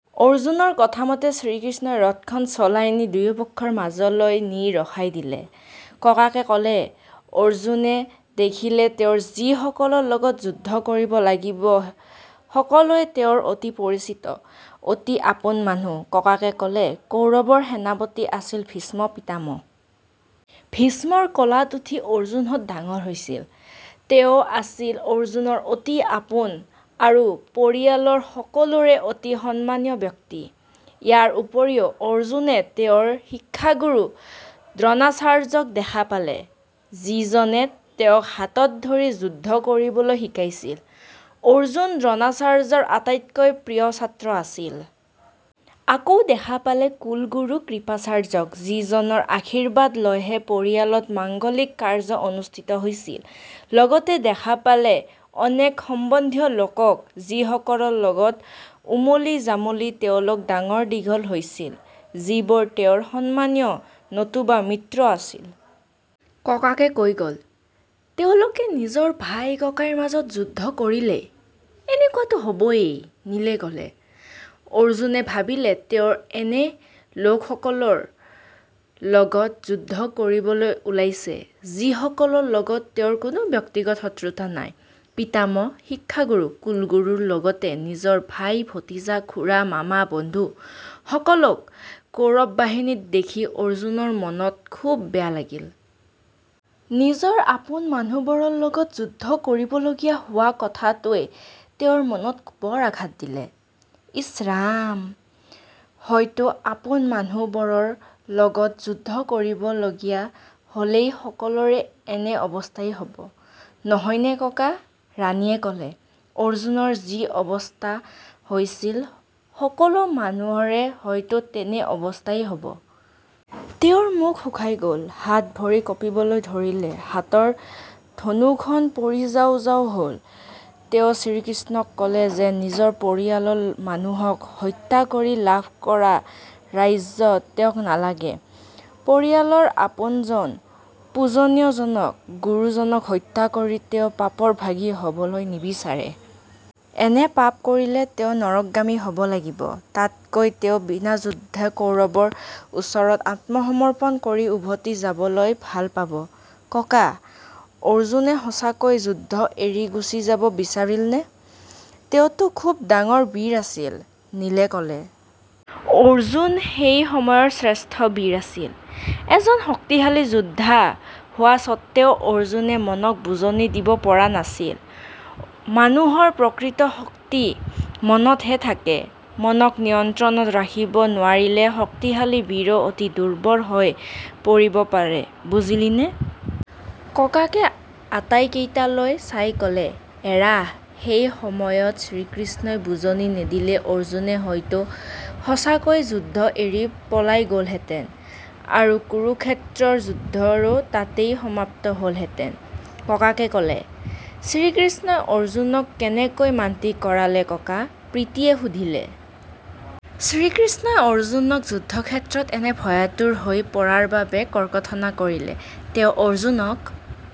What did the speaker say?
অৰ্জুনৰ কথামতে শ্ৰীকৃষ্ণই ৰথখন চলাই নি দুয়োপক্ষৰ মাজলৈ নি ৰখাই দিলে"। ককাকে ক'লে। "অৰ্জুনে দেখিলে তেওঁ যিসকলৰ লগত যুদ্ধ কৰিব লাগিব, সকলোৱে তেওঁৰ অতি পৰিচিত, অতি আপোন মানুহ"। ককাকে ক'লে। "কৌৰৱৰ সেনাপতি আছিল ভীষ্ম পিতামহ। ভীষ্মৰ কোলাত উঠি অৰ্জুনহঁত ডাঙৰ হৈছিল। তেওঁ আছিল অৰ্জুনৰ অতি আপোন আৰু পৰিয়ালৰ সকলোৰে অতি সন্মানীয় ব্যক্তি। ইয়াৰ উপৰিও অৰ্জুনে তেওঁৰ শিক্ষাগুৰু দ্ৰোণাচাৰ্যক দেখা পালে, যিজনে তেওঁক হাতত ধৰি যুদ্ধ কৰিবলৈ শিকাইছিল। অৰ্জুন দ্ৰোণাচাৰ্যৰ আটাইতকৈ প্ৰিয় ছাত্ৰ আছিল। আকৌ দেখা পালে কুলগুৰু কৃপাচাৰ্যক, যিজনৰ আশীৰ্বাদ লৈহে পৰিয়ালত মাংগলিক কাৰ্য অনুস্থিত হৈছিল। লগতে দেখা পালে অনেক সম্বন্ধীয় লোকক যিসকলৰ লগত ওমলি জামলি তেওঁলোক ডাঙৰ দীঘল হৈছিল, যিবোৰ তেওঁৰ সন্মানীয় নতুবা মিত্ৰ আছিল"। ককাকে কৈ গ'ল। "তেওঁলোকে নিজৰ ভাই ককাইৰ মাজত যুদ্ধ কৰিলে এনেকুৱাতো হ'বই", নীলে ক'লে। "অৰ্জুনে ভাবিলে তেওঁ এনে লোক সকলৰ লগত যুদ্ধ কৰিবলৈ ওলাইছে, যিসকলৰ লগত তেওঁৰ কোনো ব্যক্তিগত শত্ৰুতা নাই। পিতামহ, শিক্ষাগুৰু, কুলগুৰুৰ লগতে নিজৰ ভাই, ভতিজা, খুৰা, মামা, বন্ধু সকলক কৌৰৱ বাহিনীত দেখি অৰ্জুনৰ মনটো খুব বেয়া লাগিল। নিজৰ আপোন মানুহবোৰৰ লগত যুদ্ধ কৰিবলগীয়া হোৱা কথাটোৱে তেওঁৰ মনত বৰ আঘাত দিলে"। "ইছ ৰাম। হয়তো। আপোন মানুহ বোৰৰ লগত যুদ্ধ কৰিব লগীয়া হ'লে সকলোৰে এনে অৱস্থাই হ'ব, নহয়নে ককা"। ৰাণীয়ে ক'লে। "অৰ্জুনৰ যি অৱস্থা হৈছিল, সকলো মানুহৰে হয়তো তেনে অৱস্থাই হ'ব। তেওঁৰ মুখ শুকাই গ'ল, হাত ভৰি কঁপিবলৈ ধৰিলে, হাতৰ ধনুখন পৰি যাওঁ যাওঁ হ'ল। তেওঁ শ্ৰীকৃষ্ণক ক'লে যে নিজৰ পৰিয়ালৰ মানুহক হত্যা কৰি লাভ কৰা ৰাজ্য তেওঁক নালাগে। পৰিয়ালৰ আপোনজন, পূজনীয় জনক, গুৰুজনক হত্যা কৰি তেওঁ পাপৰ ভাগী হ'বলৈ নিবিচাৰে। এনে পাপ কৰিলে তেওঁ নৰকগামী হ'ব লাগিব। তাতকৈ তেওঁ বিনাযুদ্ধে কৌৰৱৰ ওচৰত আত্মসমৰ্পন কৰি উভতি যাবলৈ ভাল পাব"। "ককা, অৰ্জুনে সঁচাকৈয়ে যুদ্ধ এৰি গুচি যাব বিচাৰিছিলনে? তেওঁতো খুব ডাঙৰ বীৰ আছিল"। নীলে ক'লে। "অৰ্জুন সেই সময়ৰ শ্ৰেষ্ঠ বীৰ আছিল। এজন শক্তিশালী যোদ্ধা হোৱা সত্বেও অৰ্জুনে মনক বুজনি দিব পৰা নাছিল। মানুহৰ প্ৰকৃত শক্তি মনতহে থাকে। মনক নিয়ন্ত্ৰণত ৰাখিব নোৱাৰিলে শক্তিশালী বীৰো অতি দুৰ্বল হৈ পৰিব পাৰে, বুজিলিনে"? ককাকে আটাইকেইটিলৈ চাই ক'লে। "এৰা সেই সময়ত শ্ৰীকৃষ্ণই বুজনি নিদিলে অৰ্জুনে হয়তো সঁচাকৈয়ে যুদ্ধ এৰি পলাই গ'লহেঁতেন আৰু কুৰুক্ষেত্ৰৰ যুদ্ধৰো তাতেই সমাপ্তি হ'লহেঁতেন"। ককাকে ক'লে। "শ্ৰীকৃষ্ণই অৰ্জুনক কেনেকৈ মান্তি কৰালে ককা"? প্ৰীতিয়ে সুধিলে। "শ্ৰীকৃষ্ণই অৰ্জুনক যুদ্ধক্ষেত্ৰত এনে ভয়াতুৰ হৈ পৰাৰ বাবে ককৰ্থনা কৰিলে। তেওঁ অৰ্জুনক